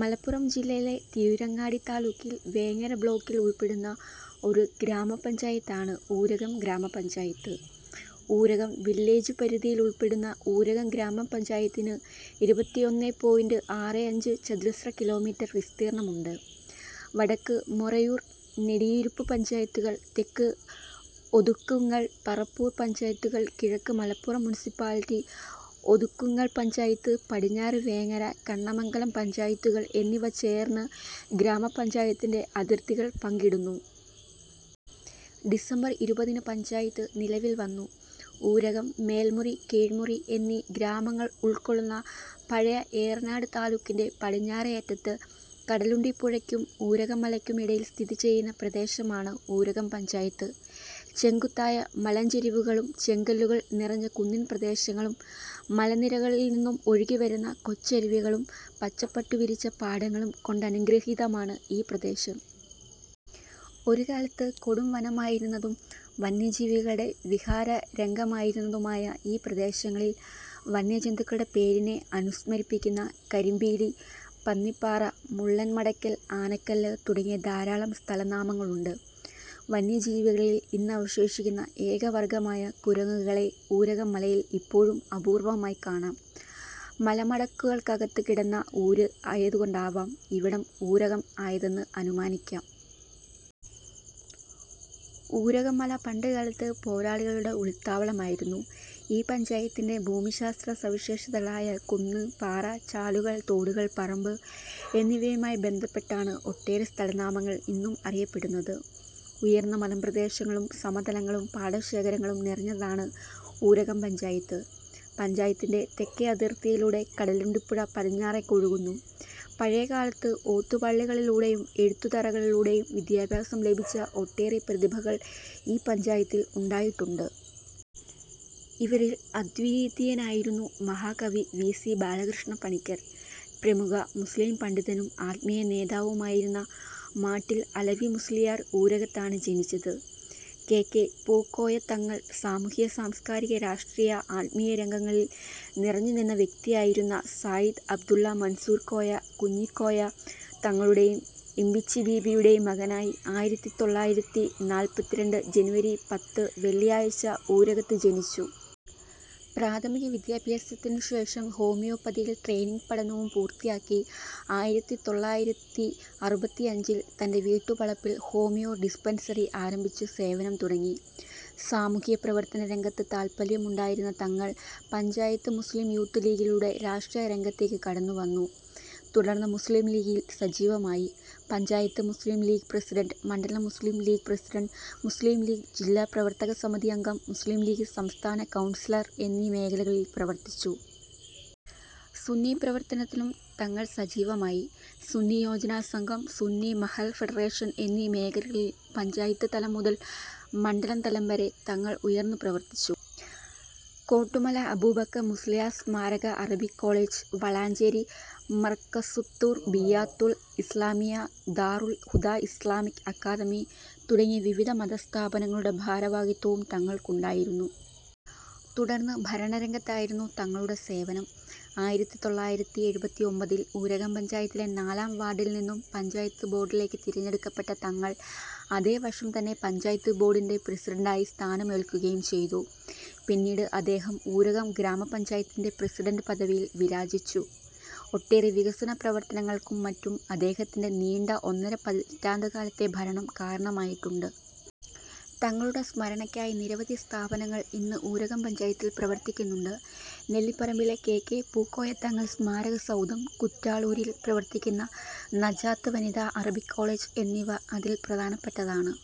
മലപ്പുറം ജില്ലയിലെ തിരൂരങ്ങാടി താലൂക്കിൽ വേങ്ങര ബ്ലോക്കിൽ ഉൾപ്പെടുന്ന ഒരു ഗ്രാമപഞ്ചായത്താണു ഊരകം ഗ്രാമപഞ്ചായത്ത്. ഊരകം വില്ലേജുപരിധിയിലുൾപ്പെടുന്ന ഊരകം ഗ്രാമപഞ്ചായത്തിനു ഇരുപത്തിഒന്നേ പോയിന്റ് ആറേ അഞ്ച് ചതുരശ്രകിലോമീറ്റർ വിസ്തീർണ്ണമുണ്ട്. വടക്ക് മൊറയൂർ, നെടിയിരുപ്പ് പഞ്ചായത്തുകൾ, തെക്ക് ഒതുക്കുങ്ങൾ, പറപ്പൂർ പഞ്ചായത്തുകൾ, കിഴക്ക് മലപ്പുറം മുനിസിപ്പാലിറ്റി, ഒതുക്കുങ്ങൾ പഞ്ചായത്ത് പടിഞ്ഞാറ് വേങ്ങര, കണ്ണമംഗലം പഞ്ചായത്തുകൾ എന്നിവ ചേർന്ന് ഗ്രാമ പഞ്ചായത്തിന്റെ അതിർത്തികൾ പങ്കിടുന്നു. ഡിസംബർ ഇരുപതിന് പഞ്ചായത്ത് നിലവിൽ വന്നു. ഊരകം, മേൽമുറി, കീഴ്മുറി എന്നീ ഗ്രാമങ്ങളുൾകൊള്ളുന്ന പഴയ ഏറനാട് താലൂക്കിന്റെ പടിഞ്ഞാറേയറ്റത്ത് കടലുണ്ടിപുഴയ്ക്കും ഊരകം മലയ്ക്കും ഇടയിൽ സ്ഥിതി ചെയ്യുന്ന പ്രദേശമാണ് ഊരകം പഞ്ചായത്ത്. ചെങ്കുത്തായ മലഞ്ചരിവുകളും, ചെങ്കല്ലുകൾ നിറഞ്ഞ കുന്നിൻപ്രദേശങ്ങളും, മലനിരകളിൽ നിന്നും ഒഴുകിവരുന്ന കൊച്ചരുവികളും, പച്ചപ്പട്ടു വിരിച്ച പാടങ്ങളും കൊണ്ടനുഗ്രഹീതമാണ് ഈ പ്രദേശം. ഒരുകാലത്ത് കൊടുംവനമായിരുന്നതും വന്യജീവികളുടെ വിഹാരരംഗമായിരുന്നതുമായ ഈ പ്രദേശങ്ങളിൽ വന്യജന്തുക്കളുടെ പേരിനെ അനുസ്മരിപ്പിക്കുന്ന കരിമ്പീലി, പന്നിപ്പാറ, മുള്ളൻ മടക്കൽ, ആനക്കല്ല് തുടങ്ങിയ ധാരാളം സ്ഥലനാമങ്ങളുണ്ട്. വന്യജീവികളിൽ ഇന്നവശേഷിക്കുന്ന ഏകവർഗ്ഗമായ കുരങ്ങുകളെ ഊരകം മലയിൽ ഇപ്പോഴും അപൂർവ്വമായി കാണാം. "മലമടക്കുകൾക്കകത്ത് കിടന്ന ഊര്" ആയതുകൊണ്ടാവാം ഇവിടം "ഊരകം" ആയതെന്ന് അനുമാനിക്കാം. ഊരകംമല പണ്ടുകാലത്ത് പോരാളികളുടെ ഒളിത്താവളമായിരുന്നു. ഈ പഞ്ചായത്തിന്റെ ഭൂമിശാസ്ത്രസവിശേഷതകളായ കുന്ന്, പാറ, ചാലുകൾ, തോടുകൾ, പറമ്പ് എന്നിവയുമായി ബന്ധപ്പെട്ടാണ് ഒട്ടേറെ സ്ഥലനാമങ്ങൾ ഇന്നും അറിയപ്പെടുന്നത്. ഉയർന്ന മലമ്പ്രദേശങ്ങളും, സമതലങ്ങളും, പാടശേഖരങ്ങളും നിറഞ്ഞതാണ് ഊരകം പഞ്ചായത്ത്. പഞ്ചായത്തിന്റെ തെക്കേയതിർത്തിയിലൂടെ കടലുണ്ടിപ്പുഴ പടിഞ്ഞാറേക്കൊഴുകുന്നു. പഴയ കാലത്ത് ഓത്തുപള്ളികളിലൂടെയും എഴുത്തുതറകളിലൂടെയും വിദ്യാഭ്യാസം ലഭിച്ച ഒട്ടേറെ പ്രതിഭകൾ ഈ പഞ്ചായത്തിൽ ഉണ്ടായിട്ടുണ്ട്. ഇവരിൽ അദ്വിതീയനായിരുന്നു മഹാകവി വി. സി. ബാലകൃഷ്ണപ്പണിക്കർ. പ്രമുഖ മുസ്ലീം പണ്ഡിതനും ആത്മീയനേതാവുമായിരുന്ന മാട്ടിൽ അലവി മുസ്ളിയാർ ഊരകത്താണ് ജനിച്ചത്. കെ. കെ. പൂകോയതങ്ങൾ സാമൂഹ്യ സാംസ്കാരിക രാഷ്ട്രീയ ആത്മീയ രംഗങ്ങളിൽ നിറഞ്ഞു നിന്ന വ്യക്തിയായിരുന്നു സയ്യിദ് അബ്ദുള്ള മൻസൂർക്കോയ കുഞ്ഞിക്കോയ തങ്ങളുടെയും ഇംബിച്ചിബീവിയുടെയും മകനായി ആയിരത്തിതൊള്ളായിരത്തിനാല്പത്തിരണ്ട്‍ ജനുവരി പത്ത് വെള്ളിയാഴ്ച ഊരകത്ത് ജനിച്ചു. പ്രാഥമിക വിദ്യഭ്യാസത്തിനുശേഷം ഹോമിയോ പതിയിൽ ട്രെയ്നിങ് പഠനവും പൂർത്തിയാക്കി. ആയിരത്തിത്തൊള്ളായിരത്തിഅറുപത്തിഅഞ്ചിൽ തന്റെ വീട്ടുവളപ്പിൽ ഹോമിയോ ഡിസ്പെൻസറി ആരംഭിച്ച് സേവനം തുടങ്ങി. സാമൂഹ്യപ്രവർത്തനരംഗത്ത് താൽപര്യമുണ്ടായിരുന്ന തങ്ങൾ പഞ്ചായത്ത് മുസ്ലിം യൂത്ത് ലീഗിലൂടെ രാഷ്ട്രീയ രംഗത്തേക്ക് കടന്നുവന്നു. തുടർന്ന് മുസ്ലിം ലീഗിൽ സജീവമായി. പഞ്ചായത്ത് മുസ്ലിം ലീഗ് പ്രസിഡണ്ട്, മണ്ഡലം മുസ്ലിം ലീഗ് പ്രസിഡണ്ട്, മുസ്ലിം ലീഗ് ജില്ലാ പ്രവർത്തക സമിതി അംഗം, മുസ്ലിം ലീഗ് സംസ്ഥാന കൗൺസിലർ എന്നീ മേഖലകളിൽ പ്രവർത്തിച്ചു. സുന്നി പ്രവർത്തനത്തിലും തങ്ങൾ സജീവമായി. സുന്നി യോജന സംഘം, സുന്നി മഹല്ല് ഫെഡറേഷൻ എന്നീ മേഖലകളിൽ പഞ്ചായത്ത് തലം മുതൽ മണ്ഡലം തലം വരെ തങ്ങൾ ഉയർന്ന് പ്രവർത്തിച്ചു. കോട്ടുമല അബൂബക്കർ മുസ്ലിയാർ സമാരക Arabic College, Valanchery Markazuttarbiyyathul Islamiyya, Darul Huda Islamic Academy തുടങ്ങി വിവിധ മതസ്ഥാപനങ്ങളുടെ ഭാരവാഹിത്വവും തങ്ങൾക്കുണ്ടായിരുന്നു. തുടർന്ന് ഭരണരംഗത്തായിരുന്നു തങ്ങളുടെ സേവനം. ആയിരത്തിതൊള്ളായിരത്തിഎഴുത്തിഒമ്പതിൽ ഊരകം പഞ്ചായത്തിലെ നാലാം വാർഡിൽ നിന്നും പഞ്ചായത്ത് ബോർഡിലേക്ക് തിരഞ്ഞെടുക്കപ്പെട്ട തങ്ങൾ അതേ വർഷം തന്നെ പഞ്ചായത്ത് ബോർഡിന്റെ പ്രസിഡണ്ടായി സ്ഥാനമേൽക്കുകയും ചെയ്തു. പിന്നീട് അദ്ദേഹം ഊരകം ഗ്രാമ പഞ്ചായത്തിന്റെ പ്രസിഡണ്ട് പദവിയിൽ വിരാജിച്ചു. ഒട്ടേറെ വികസന പ്രവർത്തനങ്ങൾക്കും മറ്റും അദ്ദേഹത്തിന്റെ നീണ്ട ഒന്നരപതിറ്റാണ്ടുകാലത്തെ ഭരണം കാരണമായിട്ടുണ്ട്. തങ്ങളുടെ സ്മരണക്കായി നിരവധി സ്ഥാപനങ്ങൾ ഇന്ന് ഊരകം പഞ്ചായത്തിൽ പ്രവർത്തിക്കുന്നുണ്ട്. നെല്ലിപ്പറമ്പിലെ കെ. കെ. പൂക്കോയ തങ്ങൾ സ്മാരക സൗധം, കുറ്റാളൂരിൽ പ്രവർത്തിക്കുന്ന നജാത്ത് വനിത അറബിക് കോളേജ് എന്നിവ അതിൽ പ്രധാനപ്പെട്ടതാണ്.